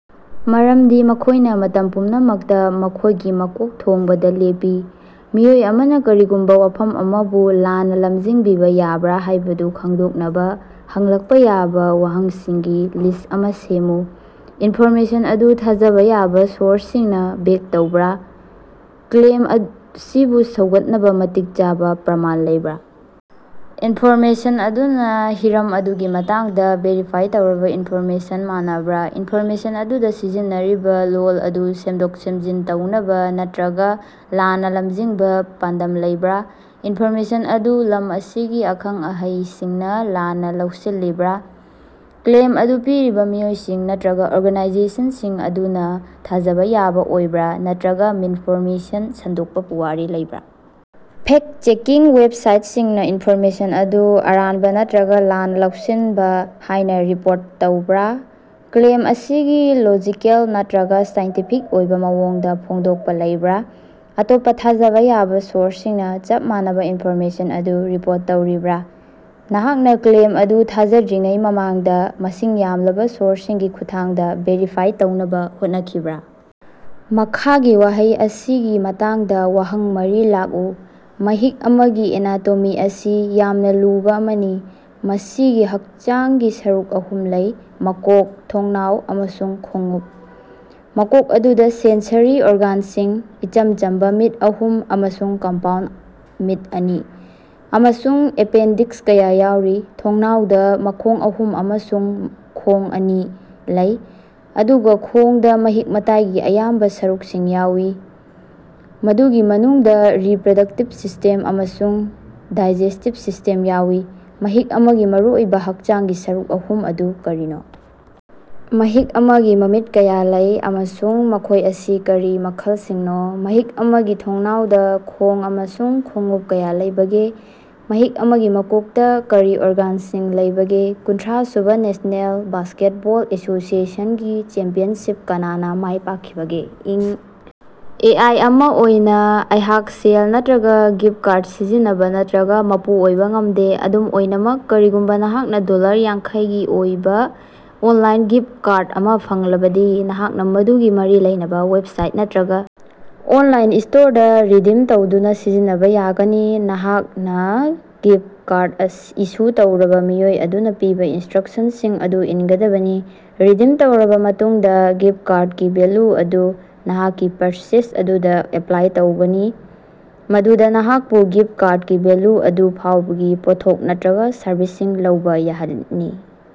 ꯃꯔꯝꯗꯤ ꯃꯈꯣꯏꯅ ꯃꯇꯝ ꯄꯨꯝꯅꯃꯛꯇꯥ ꯃꯈꯣꯏꯒꯤ ꯃꯀꯣꯛ ꯊꯣꯡꯕꯗꯥ ꯂꯦꯞꯂꯤ! ꯃꯤꯑꯣꯏ ꯑꯃꯅ ꯀꯔꯤꯒꯨꯝꯕ ꯋꯥꯐꯝ ꯑꯃꯕꯨ ꯂꯥꯟꯅꯥ ꯂꯝꯖꯤꯡꯕꯤꯕ ꯌꯥꯕ꯭ꯔꯥ ꯍꯥꯏꯕꯗꯨ ꯈꯪꯗꯣꯛꯅꯕꯥ ꯍꯪꯂꯛꯄꯥ ꯌꯥꯕ ꯋꯥꯍꯪꯁꯤꯡꯒꯤ ꯂꯤꯁ꯭ꯠ ꯑꯃ ꯁꯦꯝꯃꯨ꯫ ꯏꯟꯐꯣꯔꯃꯦꯁꯟ ꯑꯗꯨ ꯊꯥꯖꯕ ꯌꯥꯕ ꯁꯣꯔꯁꯁꯤꯡꯅ ꯕꯦꯛ ꯇꯧꯕꯔꯥ? ꯀ꯭ꯂꯦꯝ ꯑꯁꯤꯕꯨ ꯁꯧꯒꯠꯅꯕ ꯃꯇꯤꯛ ꯆꯥꯕ ꯄ꯭ꯔꯃꯥꯟ ꯂꯩꯕ꯭ꯔꯥ? ꯏꯟꯐꯣꯔꯃꯦꯁꯟ ꯑꯗꯨꯅ ꯍꯤꯔꯝ ꯑꯗꯨꯒꯤ ꯃꯇꯥꯡꯗ ꯚꯦꯔꯤꯐꯥꯏ ꯇꯧꯔꯕꯥ ꯏꯟꯐꯣꯔꯃꯦꯁꯟ ꯃꯥꯟꯅꯕ꯭ꯔꯥ? ꯏꯟꯐꯣꯔꯃꯦꯁꯟ ꯑꯗꯨꯗ ꯁꯤꯖꯤꯟꯅꯔꯤꯕ ꯂꯣꯜ ꯑꯗꯨ ꯁꯦꯝꯗꯣꯛ-ꯁꯦꯝꯖꯤꯟ ꯇꯧꯅꯕ ꯅꯠꯇꯔꯒ ꯂꯥꯟꯅ ꯂꯝꯖꯤꯡꯅꯕ ꯄꯥꯟꯗꯝ ꯊꯝꯂꯤꯕꯔꯥ? ꯏꯟꯐꯣꯔꯃꯦꯁꯟ ꯑꯗꯨ ꯂꯝ ꯑꯁꯤꯒꯤ ꯑꯈꯪ-ꯑꯍꯩꯁꯤꯡꯅ ꯂꯥꯟꯅ ꯂꯧꯁꯤꯜꯂꯤꯕꯔꯥ? ꯀ꯭ꯂꯦꯝ ꯑꯗꯨ ꯄꯤꯔꯤꯕꯥ ꯃꯤꯑꯣꯏꯁꯤꯡ ꯅꯠꯇꯔꯒ ꯑꯣꯔꯒꯥꯅꯥꯏꯖꯦꯁꯟꯟꯁꯤꯡ ꯑꯗꯨꯅ ꯊꯥꯖꯕ ꯌꯥꯕ ꯑꯣꯏꯕ꯭ꯔꯥ ꯅꯠꯇꯔꯒ ꯃꯤꯁꯏꯟꯐꯣꯔꯃꯦꯁꯟ ꯁꯟꯗꯣꯛꯄꯒꯤ ꯄꯨꯋꯥꯔꯤ ꯂꯩꯕ꯭ꯔꯥ? ꯐꯦꯛꯇ-ꯆꯦꯀꯤꯡ ꯋꯦꯕꯁꯥꯏꯇꯁꯤꯡꯅ ꯏꯟꯐꯣꯔꯃꯦꯁꯟ ꯑꯗꯨ ꯑꯔꯥꯟꯕ ꯅꯠꯇꯔꯒ ꯂꯥꯟꯅ ꯂꯧꯁꯤꯟꯕ ꯍꯥꯏꯅ ꯔꯤꯄꯣꯔꯠ ꯇꯧꯕꯔꯥ? ꯀ꯭ꯂꯦꯝ ꯑꯁꯤꯒꯤ ꯂꯣꯖꯤꯀꯦꯜ ꯅꯠꯇꯔꯒ ꯁꯥꯏꯟꯇꯤꯐꯤꯛ ꯑꯣꯏꯕ ꯃꯑꯣꯡꯗ ꯐꯣꯡꯗꯣꯛꯄ ꯂꯩꯕꯔꯥ? ꯑꯇꯣꯞꯄꯥ ꯊꯥꯖꯕ ꯌꯥꯕ ꯁꯣꯔꯁꯁꯤꯡꯅ ꯆꯞ ꯃꯥꯟꯅꯕ ꯏꯟꯐꯣꯔꯃꯦꯁꯟ ꯑꯗꯨ ꯔꯤꯄꯣꯔꯠ ꯇꯧꯔꯤꯕ꯭ꯔꯥ? ꯅꯍꯥꯛꯅ ꯀ꯭ꯂꯦꯝ ꯑꯗꯨ ꯊꯥꯖꯗ꯭ꯔꯤꯉꯩ ꯃꯃꯥꯡꯗ ꯃꯁꯤꯡ ꯌꯥꯝꯂꯕ ꯁꯣꯔꯁꯁꯤꯡꯒꯤ ꯈꯨꯠꯊꯥꯡꯗ ꯚꯦꯔꯤꯐꯥꯏ ꯇꯧꯅꯕ ꯍꯣꯠꯅꯈꯤꯕ꯭ꯔꯥ? ꯃꯈꯥꯒꯤ ꯋꯥꯍꯩ ꯑꯁꯤꯒꯤ ꯃꯇꯥꯡꯗ ꯋꯥꯍꯪ ꯃꯔꯤ ꯂꯥꯛꯎ꯫ ꯃꯍꯤꯛ ꯑꯃꯒꯤ ꯑꯦꯅꯥꯇꯣꯃꯤ ꯑꯁꯤ ꯌꯥꯝꯅ ꯂꯨꯕꯥ ꯑꯃꯅꯤ꯫ ꯃꯁꯤꯒꯤ ꯍꯛꯆꯥꯡꯒꯤ ꯁꯔꯨꯛ ꯑꯍꯨꯝ ꯂꯩ: ꯃꯀꯣꯛ, ꯊꯣꯡꯅꯥꯎ ꯑꯃꯁꯨꯡ ꯈꯣꯡꯎꯞ꯫ ꯃꯀꯣꯛ ꯑꯗꯨꯗꯥ ꯁꯦꯟꯁꯔꯤ ꯑꯣꯔꯒꯥꯟꯁꯤꯡ, ꯏꯆꯝ ꯆꯝꯕꯥ ꯃꯤꯠ ꯑꯍꯨꯝ ꯑꯃꯁꯨꯡ ꯀꯝꯄꯥꯎꯟꯗ ꯃꯤꯠ ꯑꯅꯤ, ꯑꯃꯁꯨꯡ ꯑꯦꯄꯦꯟꯗꯤꯛꯁ ꯀꯌꯥ ꯌꯥꯎꯏ꯫ ꯊꯣꯡꯅꯥꯎꯗ ꯈꯣꯡ ꯑꯍꯨꯝ ꯑꯃꯁꯨꯡ ꯈꯣꯡ ꯑꯅꯤ ꯂꯩ, ꯑꯗꯨꯒ ꯈꯣꯡꯗ ꯃꯍꯤꯛ-ꯃꯇꯥꯏꯒꯤ ꯑꯌꯥꯝꯕ ꯁꯔꯨꯛꯁꯤꯡ ꯌꯥꯎꯏ, ꯃꯗꯨꯒꯤ ꯃꯅꯨꯡꯗꯥ ꯔꯤꯄꯔꯗꯛꯇꯤꯚ ꯁꯤꯁ꯭ꯇꯦꯝ ꯑꯃꯁꯨꯡ ꯗꯥꯏꯖꯦꯁ꯭ꯇꯤꯚ ꯁꯤꯁ꯭ꯇꯦꯝ ꯌꯥꯎꯏ꯫ ꯃꯍꯤꯛ ꯑꯃꯒꯤ ꯃꯔꯨꯑꯣꯏꯕ ꯍꯛꯆꯥꯡꯒꯤ ꯁꯔꯨꯛ ꯑꯍꯨꯝ ꯑꯗꯨ ꯀꯔꯤꯅꯣ? ꯃꯍꯤꯛ ꯑꯃꯒꯤ ꯃꯃꯤꯠ ꯀꯌꯥ ꯂꯩ, ꯑꯃꯁꯨꯡ ꯃꯈꯣꯏ ꯑꯁꯤ ꯀꯔꯤ ꯃꯈꯜꯁꯤꯡꯅꯣ? ꯃꯍꯤꯛ ꯑꯃꯒꯤ ꯊꯣꯡꯅꯥꯎꯗ ꯈꯣꯡ ꯑꯃꯁꯨꯡ ꯈꯣꯡꯎꯞ ꯀꯌꯥ ꯂꯩꯕꯒꯦ? ꯃꯍꯤꯛ ꯑꯃꯒꯤ ꯃꯀꯣꯛꯇꯥ ꯀꯔꯤ ꯑꯣꯔꯒꯥꯟꯁꯤꯡ ꯂꯩꯕꯒꯦ? ꯀꯨꯟꯊ꯭ꯔꯥꯁꯨꯕꯥ ꯅꯦꯁꯅꯦꯜ ꯕꯥꯁꯀꯦꯠꯕꯣꯜ ꯑꯦꯁꯣꯁꯤꯌꯦꯁꯟ ꯒꯤ ꯆꯦꯝꯄꯤꯌꯟꯁꯤꯞ ꯀꯅꯥꯅ ꯃꯥꯏꯄꯥꯛꯈꯤꯕꯒꯦ? ꯏꯪ ꯑꯦ. ꯑꯥꯏ. ꯑꯃ ꯑꯣꯏꯅ ꯑꯩꯍꯥꯛ ꯁꯦꯜ ꯅꯠꯇꯔꯒ ꯒꯤꯐꯠ ꯀꯥꯔꯗ ꯁꯤꯖꯤꯟꯅꯕꯥ ꯅꯠꯇꯔꯒ ꯃꯄꯨ ꯑꯣꯏꯕ ꯉꯃꯗꯦ꯫ ꯑꯗꯨꯝ ꯑꯣꯏꯅꯃꯛ, ꯀꯔꯤꯒꯨꯝꯕꯥ ꯅꯍꯥꯛꯅ ꯗꯣꯂꯔ ꯌꯥꯡꯈꯩ ꯒꯤ ꯑꯣꯏꯅ ꯑꯣꯟꯂꯥꯏꯟ ꯒꯤꯐꯠ ꯀꯥꯔꯗ ꯑꯃ ꯐꯪꯂꯕꯗꯤ, ꯅꯍꯥꯛꯅ ꯃꯗꯨꯒ ꯃꯔꯤ ꯂꯩꯅꯕ ꯋꯦꯕꯁꯥꯏꯠ ꯅꯠꯇꯔꯒ ꯑꯣꯅꯂꯥꯏꯟ ꯁ꯭ꯇꯣꯔꯗ ꯔꯤꯗꯤꯝ ꯇꯧꯗꯨꯅ ꯁꯤꯖꯤꯟꯅꯕ ꯌꯥꯒꯅꯤ꯫ ꯅꯍꯥꯛꯅ ꯒꯤꯐꯠ ꯀꯥꯔꯗ ꯏꯁꯨ ꯇꯧꯔꯤꯕ ꯃꯤꯑꯣꯏ ꯑꯗꯨꯅ ꯄꯤꯕ ꯏꯟꯁ꯭ꯇꯔꯛꯁꯟꯁꯤꯡ ꯑꯗꯨ ꯏꯟꯒꯗꯕꯅꯤ꯫ ꯔꯤꯗꯤꯝ ꯇꯧꯔꯕꯥ ꯃꯇꯨꯡꯗꯥ, ꯒꯤꯐꯠ ꯀꯥꯔꯗꯀꯤ ꯚꯦꯜꯌꯨ ꯑꯗꯨ ꯅꯍꯥꯛꯀꯤ ꯄꯔꯆꯦꯖ ꯑꯗꯨꯗꯥ ꯑꯦꯄꯂꯥꯏ ꯇꯧꯒꯅꯤ, ꯃꯗꯨꯅꯥ ꯅꯍꯥꯛꯄꯨ ꯒꯤꯐꯠ ꯀꯥꯔꯗꯀꯤ ꯚꯦꯜꯌꯨ ꯑꯗꯨ ꯐꯥꯎꯕꯒꯤ ꯄꯣꯠꯊꯣꯛ ꯅꯠꯠꯔꯒꯥ ꯁꯔꯚꯤꯁꯁꯤꯡ ꯂꯧꯕꯥ ꯌꯥꯍꯟꯅꯤ꯫